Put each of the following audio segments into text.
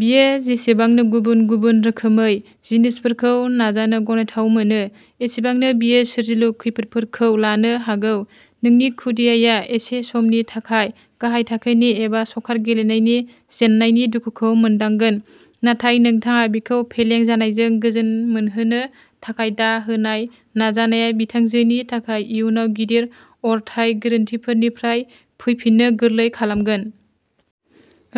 बियो जेसेबांनो गुबुन-गुबुन रोखोमै जिनिसफोरखौ नाजानो गनायथाव मोनो, एसेबांनो बियो सोरजिलु खैफोदफोरखौ लानो हागौ। नोंनि खुदियाया एसे समनि थाखाय गाहाय थाखोनि एबा सकार गेलेनायनि जेननायनि दुखुखौ मोनदांगोन, नाथाय नोंथाङा बिखौ फेलें जानायजों गोजोन मोनहोनो थाखाय दा होनाय नाजानाया बिथांजोनि थाखाय इयुनाव गिदिर अरथाय गोरोन्थिफोरनिफ्राय फैफिननो गोरलै खालामगोन।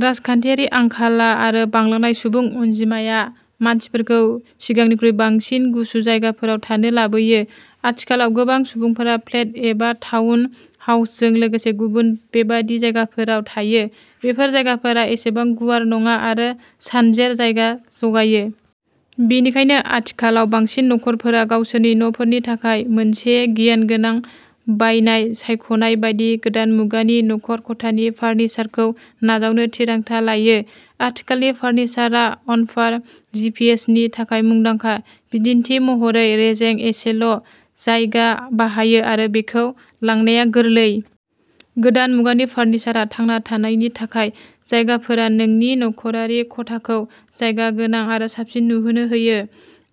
रांखान्थियारि आंखाला आरो बांलांनाय सुबुं अनजिमाया मानसिफोरखौ सिगांनिख्रुइ बांसिन गुसुं जायगाफोराव थानो लाबोयो। आथिखालाव गोबां सुबुंफोरा फ्लेट एबा टाउन हाउसजों लोगोसे गुबुन बेबादि जायगाफोराव थायो। बेफोर जायगाफोरा एसेबां गुवार नङा आरो सानजेर जायगा जगायो। बेनिखायनो आथिखालाव बांसिन नखरफोरा गावसोरनि नफोरनि थाखाय मोनसे गियानगोनां बायनाय सायख'नाय बायदि गोदान मुगानि नखर खथानि फार्निचारखौ नाजावनो थिरांथा लायो। आथिखालनि फार्निचारआ अनपार जिपिएसनि थाखाय मुंदांखा, बिदिन्थि महरै रेजें, एसेल' जायगा बाहायो आरो बेखौ लांनाया गोरलै। गोदान मुगानि फार्निचारआ थांना थानायनि थाखाय। जायगाफोरा नोंनि नखरारि खथाखौ जायगा गोनां आरो साबसिन नुहोनो हायो।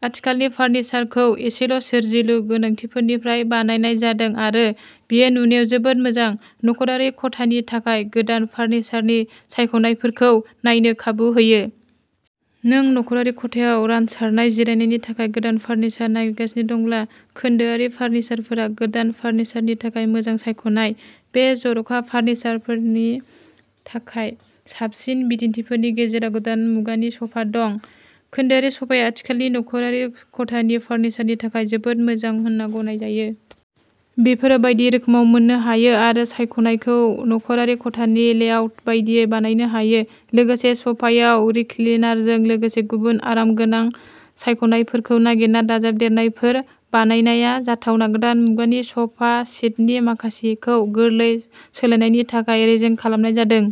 आथिखालनि फार्निचारखौ एसेल' सोरजिलु गोनांथिफोरनिफ्राय बानायनाय जादों आरो बेयो नुनायाव जोबोद मोजां। नखरारि खथानि थाखाय गोदान फार्निचारनि सायख'नायफोरखौ नायनो खाबु होयो। नों नखरारि खथायाव रानसारनाय जिरायनायनि थाखाय गोदान फार्निचार नागिरगासिनो दंब्ला खोन्दोआरि फार्निचारफोरा गोदान फार्निचारनि थाखाय मोजां सायख'नाय। बे जर'खा फार्निचारनि थाखाय साबसिन बिदिन्थिफोरनि गेजेराव गोदान मुगानि सफा दं। खोन्दोआरि सफाया आथिखालनि नखरारि खथानि फार्निचारनि थाखाय जोबोद मोजां होनना गनायजायो। बेफोरो बायदि रोखोमाव मोननो हायो आरो सायख'नायखौ नखरारि खथानि लेआउट बायदियै बानायनो हायो। लोगोसे सफायाव रिक्लिनारजों लोगोसे गुबुन आरामगोनां सायख'नायफोरखौ नागिरना दाजाबदेरनायफोर बानायनाया जाथावना। गोदान मुगानि सफा सेटनि माखासेखौ गोरलै सोलायनायनि थाखाय रेजें खालामनाय जादों।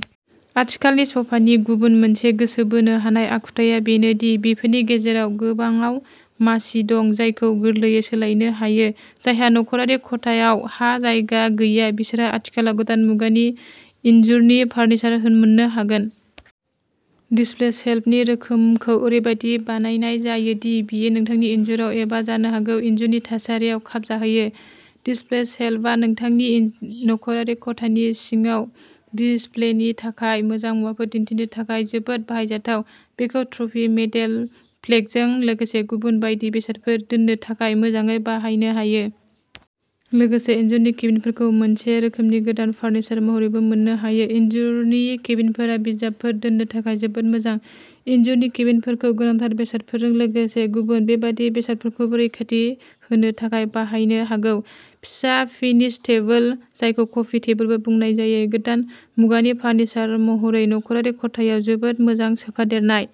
आथिखालनि सफानि गुबुन मोनसे गोसो बोनो हानाय आखुथाया बेनो दि बेफोरनि गेजेराव गोबांआव मासि दं जायखौ गोरलैयै सोलायनो हायो। जायहा नख'रारि खथायाव हा जायगा गैया, बिसोरहा आथिखालाव गोदान मुगानि इनजुरनि फार्निचार मोननो हागोन। डिसप्ले शेल्फनि रोखोमखौ ओरैबायदि बानायनाय जायो दि बेयो नोंथांनि इनजुराव एबा जानो हागौ इनजुरनि थासारियाव खाबजाहोयो। डिसप्ले शेल्फआ नोंथांनि नख'रारि खथानि सिङाव डिसप्लेनि थाखाय मोजां मुवाफोर दिन्थिनो थाखाय जोबोद बाहायजाथाव। बेखौ ट्रफी, मेडेल, प्लेकजों लोगोसे गुबुन बायदि बेसादफोर दोननो थाखाय मोजाङै बाहायनो हायो। लोगोसे इनजुरनि केबिनेटफोरखौ मोनसे रोखोमनि गोदान फार्निचार महरैबो मोननो हायो। इनजुरनि केबिनेटफोरा बिजाबफोर दोननो थाखाय जोबोद मोजां। इनजुरनि केबिनेटफोरखौ गोनांथार बेसादफोरजों लोगोसे गुबुन बेबादि बेसादफोरखौबो रैखाथि होनो थाखाय बाहायनो हागौ। फिसा फिनिश टेबल जायखौ कफि टेबलबो बुंनाय जायो, गोदान मुगानि फार्निचार महरै नखरारि खथायाव जोबोद मोजां सोफादेरनाय।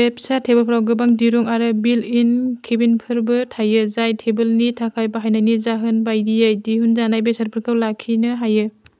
बे फिसा टेबोलफोराव गोबां दिरुं आरो बिल्ट-इन केबिनेटफोरबो थायो, जाय टेबोलनि थाखाय बाहायनायनि जाहोन बायदियै दिहुनजानाय बेसादफोरखौ लाखिनो हायो।